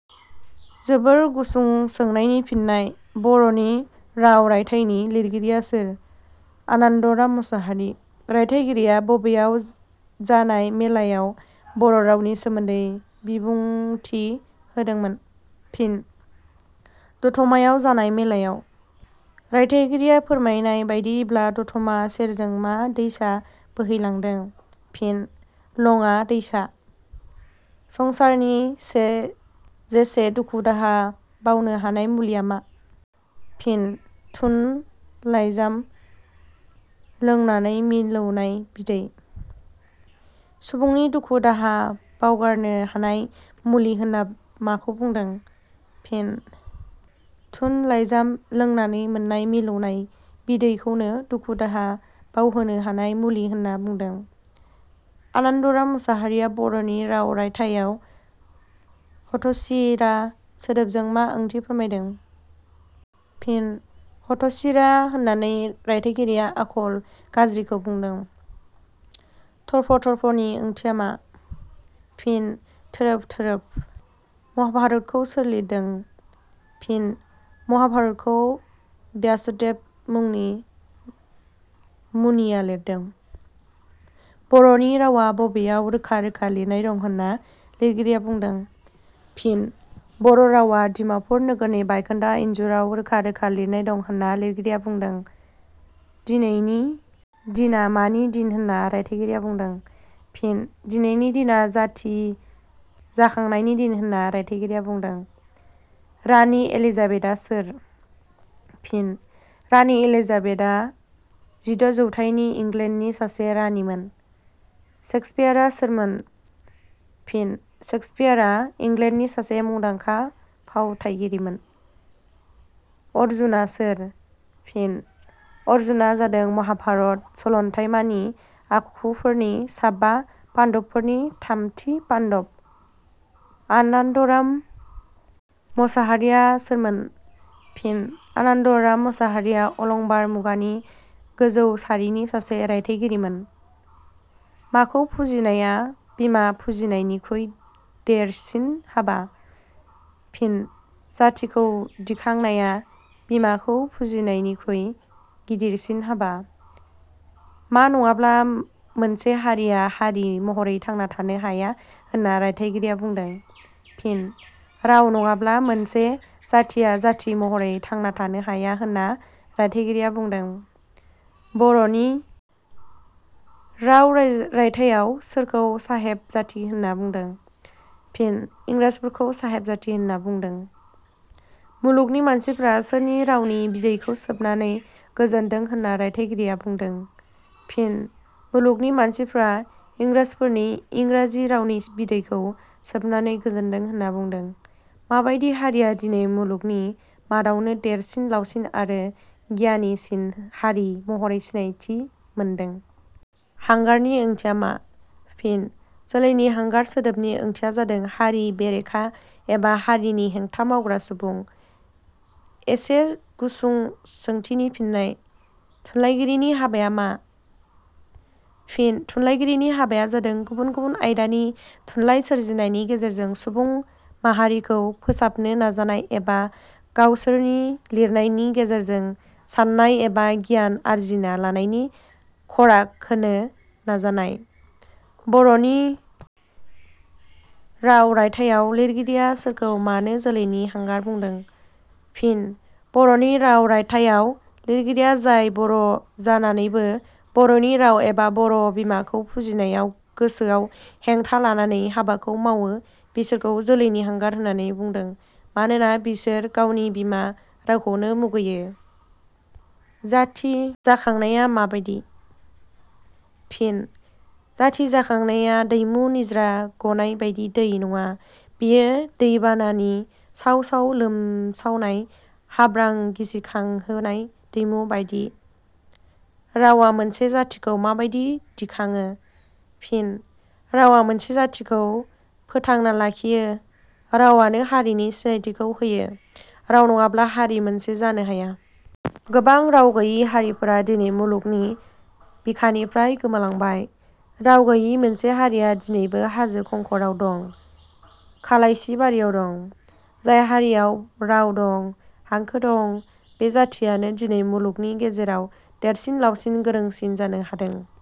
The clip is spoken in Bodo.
जोबोद गुसुं सोंनायनि फिननाय. बर'नि राव रायथाइनि लिरगिरिया सोर? फिन: आनान्दराम मसाहारि।.रायथाइगिरिया बबेयाव जानाय मेलाव बर' रावनि सोमोन्दै बिबुंथि होदोंमोन? फिन:दतमायाव जानाय मेलाव।.रायथाइगिरिया फोरमायनाय बादियैब्ला दतमा सेरजों मा दैसा बोहैलांदों? फिन:लङा दैसा।.संसारनि जेसे दुखु दाहा बावनो हानाय मुलिया मा? फिन:थुन लाइजाम लोंनानै मिलौनाय बिदै।.सुबुंनि दुखु-दाहा बावगारनो हानाय गुलि होनना माखौ बुंदों? फिन:थुन लाइजाम लोंनानै मोननाय मिलौनाय बिदैखौनो दुखु-दाहा बावहोनो हानाय मुलि होनना बुंदों।.आनान्दराम मसाहारिया बर'नि राव रायथाइयाव हथसिरा सोदोबजों मा ओंथि फोरमायदों? फिन:हथ'सिरा होननानै रायथाइगिरिया आखल गाज्रिखौ बुंदों।.थर्प थर्पनि ओंथिया मा? फिन:थोरोब थोरोब।.महाभारतखौ सोर लिरदों? फिन:महाभारतखौ व्यासदेब मुंनि मुनिया लिरदों।.बर'नि रावा बबेयाव रोखा रोखा लिरनाय दं होनना लिरगिरिया बुंदों? फिन:बर' रावा डिमापुर नोगोरनि बायखोन्दा इन्जुराव रोखा रोखा लिरनाय दं होनना लिरगिरिया बुंदों।.दिनैनि दिना मानि दिन होनना रायथाइगिरिया बुंदों? फिन: दिनैनि दिना जाथि जाखांनायनि दिन होनना रायथाइगिरिया बुंदों।.राणी एलिजाबेथआ सोर? फिन:राणी एलिजाबेथअ जिद' जौथायनि इंलेण्डनि सासे राणीमोन।.सेक्सपियारआ सोरमोन? फिन:सेक्सपियारआ इंलेण्डनि सासे मुंदांखा फावथाइगिरिमोन।.अरजुना सोर? फिन:अरजुना जादों महाभारत सलन्थाइमानि आखुफोरनि साबा पाण्डबफोरनि थामथि पाण्डब।.आनान्दराम मसाहारिया सोरमोन? फिन:आनान्दराम मसाहारिया अलंबार मुगानि गोजौ सिरिनि सासे रायथाइगिरिमोन।.माखौ फुजिनाया बिमा फुजिनायनिख्रुइ देरसिन हाबा? फिन:जाथिखौ दिखांनाया बिमाखौ फुजिनायनिख्रुइ गिदिरसिन हाबा।.मा नङाब्ला मोनसे हारिया हारि महरै थांना थानो हाया होनना रायथाइगिरिया बुंदों? फिन:राव नङाब्ला मोनसे जाथिया जाथि महरै थांना थानो हाया होनना रायथाइगिरिया बुंदों?.'बर'नि राव' रायथाइयाव सोरखौ साहेब जाथि होनना बुंदों? फिन:इंग्राजफोरखौ साहेब जाथि होनना बुंनाय जादों।.मुलुगनि मानसिफोरा सोरनि रावनि बिदैखौ सोबनानै गोजोनदों होनना रायथाइगिरिया बुंदों? फिन:मुलुगनि मानसिफोरा इंग्राजफोरनि इंग्राजि रावनि बिदैखौ सोबनानै गोजोनदों होनना बुंदों।.माबादि हारिया दिनै मुलुगनि मादावनो देरसिन लावसिन आरो गियानिसिन हारि महरै सिनायथि मोनदों? हांगारनि ओंथिया मा? फिन:जोलैनि हांगार सोदोबनि ओंथिया जादों हारि बेरेखा एबा हारिनि हेंथा मावग्रा सुबुं। इसे गुसुं सोंथिनि फिननाय. थुनलाइगिरिनि हाबाया मा? फिन:थुनलाइगिरिनि हाबाया जादों गुबुन गुबुन आयदानि थुनलाइ सोरजिनायनि गेजेरजों सुबुं माहारिखौ फोसाबनो नाजानाय एबा गावसोरनि लिरनायनि गेजेरजों साननाय एबा गियान आरजिना लानायनि खराग होनो नाजानाय।.'बर'नि राव' रायथाइयाव लिरगिरिया सोरखौ मानो जोलैनि हांगार बुंदों? फिन:'बर'नि राव' रायथाइयाव लिरगिरिया जाय बर' जानानैबो बर'नि राव एबा बर' बिमाखौ फुजिनायाव गोसोआव हेंथा लानानै हाबाखौ मावो बिसोरखौ जोलैनि हांगार होननानै बुंदों मानोना बिसोर गावनि बिमा रावखौनो मुगैयो।.जाथि जाखांनाया माबादि? फिन:जाथि जाखांनाया दैमु निज्रा गनाय बादि दै नङा, बेयो दैबानानि साव-साव लोमसावनाय हाब्रां गिसिखांहोनाय दैमु बादि।.रावा मोनसे जाथिखौ माबादि दिखाङो? फिन:रावा मोनसे जाथिखौ फोथांना लाखियो, रावानो हारिनि सिनायथिखौ होयो, राव नङाब्ला हारि मोनसे जानो हाया। गोबां राव गैयि गारिफोरा दिनै मुलुगनि बिखानिफ्राय गोमालांबाय। राव गैयि मोनसे हारिया दिनैबो हाजो खंखराव दं, खालायसि बारियाव दं। जाय हारिया राव दं, हांखो दं, बि जाथियानो दिनै मुलुगनि गेजेराव देरसिन लावसिन गोरोंसिन जानो हादों।